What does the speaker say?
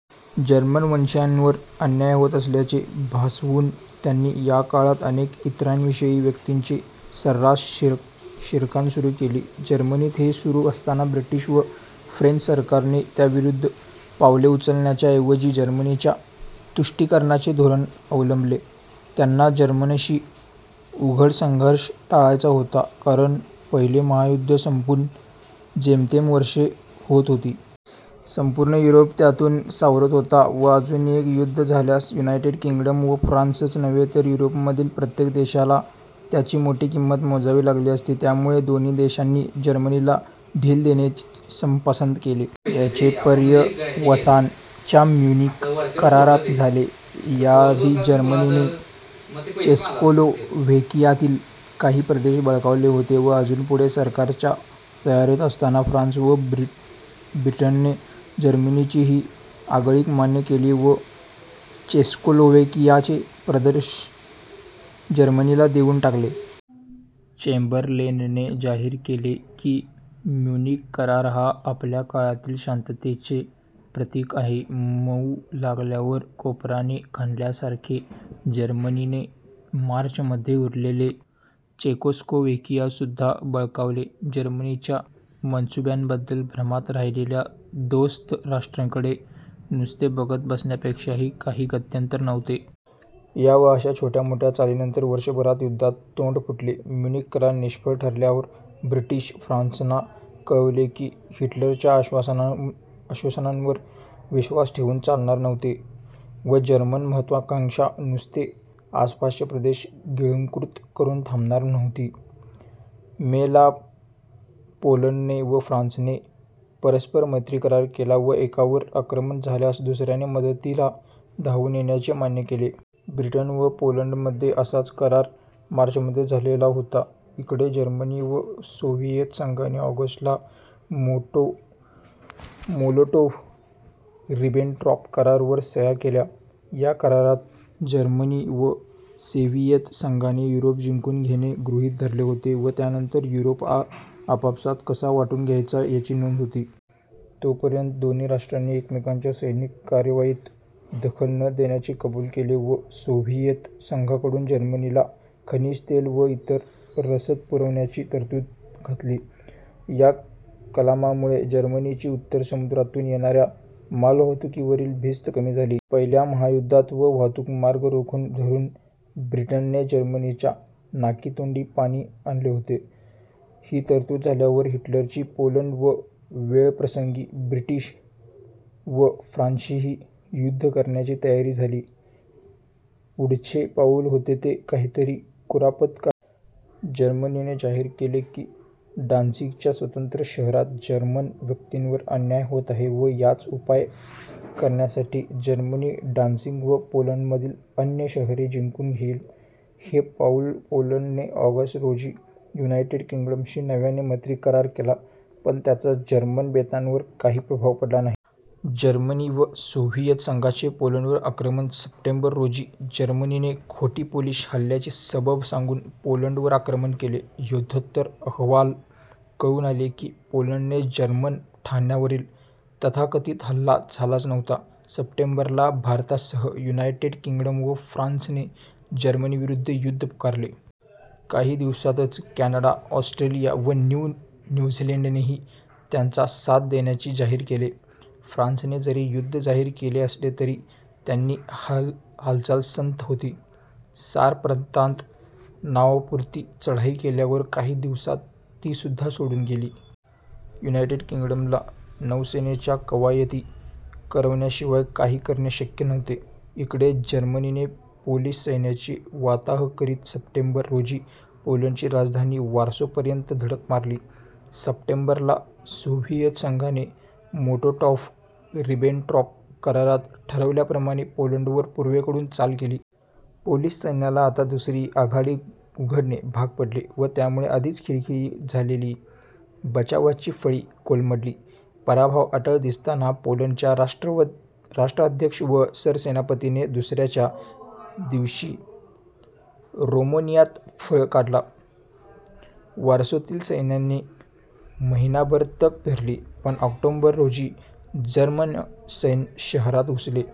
जर्मनवंशीयांवर अन्याय होत असल्याचे भासवून त्यांनी याकाळात अनेक इतरवंशीय व्यक्तींचे सर्रास शिरकाण सुरू केले. जर्मनीत हे सुरू असताना ब्रिटिश व फ्रेंच सरकारने त्याविरुद्ध पावले उचलायच्या ऐवजी जर्मनीच्या तुष्टीकरणाचे धोरण अवलंबिले. त्यांना जर्मनीशी उघड संघर्ष टाळायचा होता कारण पहिले महायुद्ध संपून जेमतेम वर्षे होत होती. संपूर्ण युरोप त्यातून सावरत होता व अजून एक युद्ध झाल्यास युनायटेड किंग्डम व फ्रान्सच नव्हे तर युरोपमधील प्रत्येक देशाला त्याची मोठी किंमत मोजावी लागली असती. त्यामुळे दोन्ही देशांनी जर्मनीला ढील देणेच पसंत केले. याचे पर्यवसान च्या म्युनिक करारात झाले. याआधी जर्मनीने चेकोस्लोव्हेकियातील काही प्रदेश बळकावले होते व अजून पुढे सरकण्याच्या तयारीत असताना फ्रान्स व ब्रिटनने जर्मनीची ही आगळीक मान्य केली व चेकोस्लोव्हेकियाचे प्रदेश जर्मनीला देऊन टाकले. चेम्बरलेनने जाहीर केले की म्युनिक करार हा "आपल्या काळातील शांततेचेच प्रतीक" आहे. मऊ लागल्यावर कोपराने खणल्यासारखे जर्मनीने मार्च मध्ये उरलेले चेकोस्लोव्हेकियासुद्धा बळकावले. जर्मनीच्या मनसूब्यांबद्दल भ्रमात राहिलेल्या दोस्त राष्ट्रांकडे नुसते बघत बसण्यापेक्षा काही गत्यंतर नव्हते. या व अशा छोट्या-मोठ्या चालींनंतर वर्षभरात युद्धाला तोंड फुटले. म्युनिक करार निष्फळ ठरल्यावर ब्रिटन/फ्रान्ससना कळले की हिटलरच्या आश्वासनांवर विश्वास ठेवून चालणार नव्हते व जर्मन महत्त्वाकांक्षा नुसते आसपासचे प्रदेश गिळंकृत करून थांबणार नव्हती. मे, ला पोलंडने व फ्रान्सने परस्पर-मैत्री करार केला व एकावर आक्रमण झाल्यास दुसऱ्याने मदतील धावून येण्याचे मान्य केले. ब्रिटन व पोलंडमध्ये असाच करार मार्चमध्ये झालेला होता. इकडे जर्मनी व सोव्हिएत संघाने ऑगस्ट, ला मोलोटोव्ह-रिबेनट्रॉप करारावर सह्या केल्या. या करारात जर्मनी व सोव्हिएत संघाने युरोप जिंकून घेणे गृहित धरले होते व त्यानंतर युरोप आपापसात कसा वाटून घ्यायचा याची नोंद होती. तोपर्यंत दोन्ही राष्ट्रांनी एकमेकांच्या सैनिकी कार्रवाईत दखल न देण्याचे कबूल केले व सोव्हिएत संघाकडून जर्मनीला खनिज तेल व इतर रसद पुरवण्याची तरतूद घातली. या कलमामुळे जर्मनीची उत्तर समुद्रातून येणाऱ्या मालवाहतूकीवरील भीस्त कमी झाली. पहिल्या महायुद्धात हा वाहतूकमार्ग रोखून धरून ब्रिटनने जर्मनीच्या नाकीतोंडी पाणी आणले होते. ही तरतूद झाल्यावर हिटलरची पोलंड व वेळप्रसंगी ब्रिटन व फ्रान्सशीही युद्ध करण्याची तयारी झाली. पुढचे पाउल होते ते काहीतरी कुरापत काढणे. जर्मनीने जाहीर केले की डान्झिगच्या स्वतंत्र शहरात जर्मन व्यक्तींवर अन्याय होत आहे व याचा उपाय करण्यासाठी जर्मनी डान्झिग व पोलंडमधील अन्य शहरे जिंकून घेईल. हे पाहून पोलंड ने ऑगस्ट रोजी युनायटेड किंग्डमशी नव्याने मैत्री करार केला, पण त्याचा जर्मन बेतांवर काही प्रभाव पडला नाही. जर्मनी व सोव्हिएत संघाचे पोलंडवर आक्रमण सप्टेंबर, रोजी जर्मनीने खोटी पोलिश हल्ल्याची सबब सांगून पोलंडवर आक्रमण केले. युद्धोत्तर अहवालात कळून आले की पोलंडने जर्मन ठाण्यावरील तथाकथित हल्ला झालाच नव्हता. सप्टेंबर ला भारतासह युनायटेड किंग्डम व फ्रान्सने जर्मनीविरुद्ध युद्ध पुकारले. काही दिवसातच कॅनडा, ऑस्ट्रेलिया व न्यू झीलंडनेही त्यांचा साथ देण्याचे जाहीर केले. फ्रान्सने जरी युद्ध जाहीर केले असले तरी त्यांची हालचाल संथ होती. सार प्रांतात नावापुरती चढाई केल्यावर काही दिवसात तीसुद्धा सोडून दिली. युनायटेड किंग्डमला नौसेनेच्या कवायती करण्याशिवाय काही करणे शक्य नव्हते. इकडे जर्मनीने पोलिश सैन्याची वाताहत करीत सप्टेंबर रोजी पोलंडची राजधानी वॉर्सोपर्यंत धडक मारली. सप्टेंबर ला सोव्हिएत संघाने मोलोटॉव्ह-रिबेनट्रॉप करारात ठरवल्याप्रमाणे पोलंडवर पूर्वेकडून चाल केली. पोलिश सैन्याला आता दुसरी आघाडी उघडणे भाग पडले व त्यामुळे आधीच खिळखिळी झालेली बचावाची फळी कोलमडली. पराभव अटळ दिसताना पोलंडच्या राष्ट्राध्यक्ष व सरसेनापतीने दुसऱ्याच दिवशी रोमेनियात पळ काढला. वॉर्सोतील सैन्याने महिनाभर तग धरली पण ऑक्टोबर रोजी जर्मन सैन्य शहरात घुसले.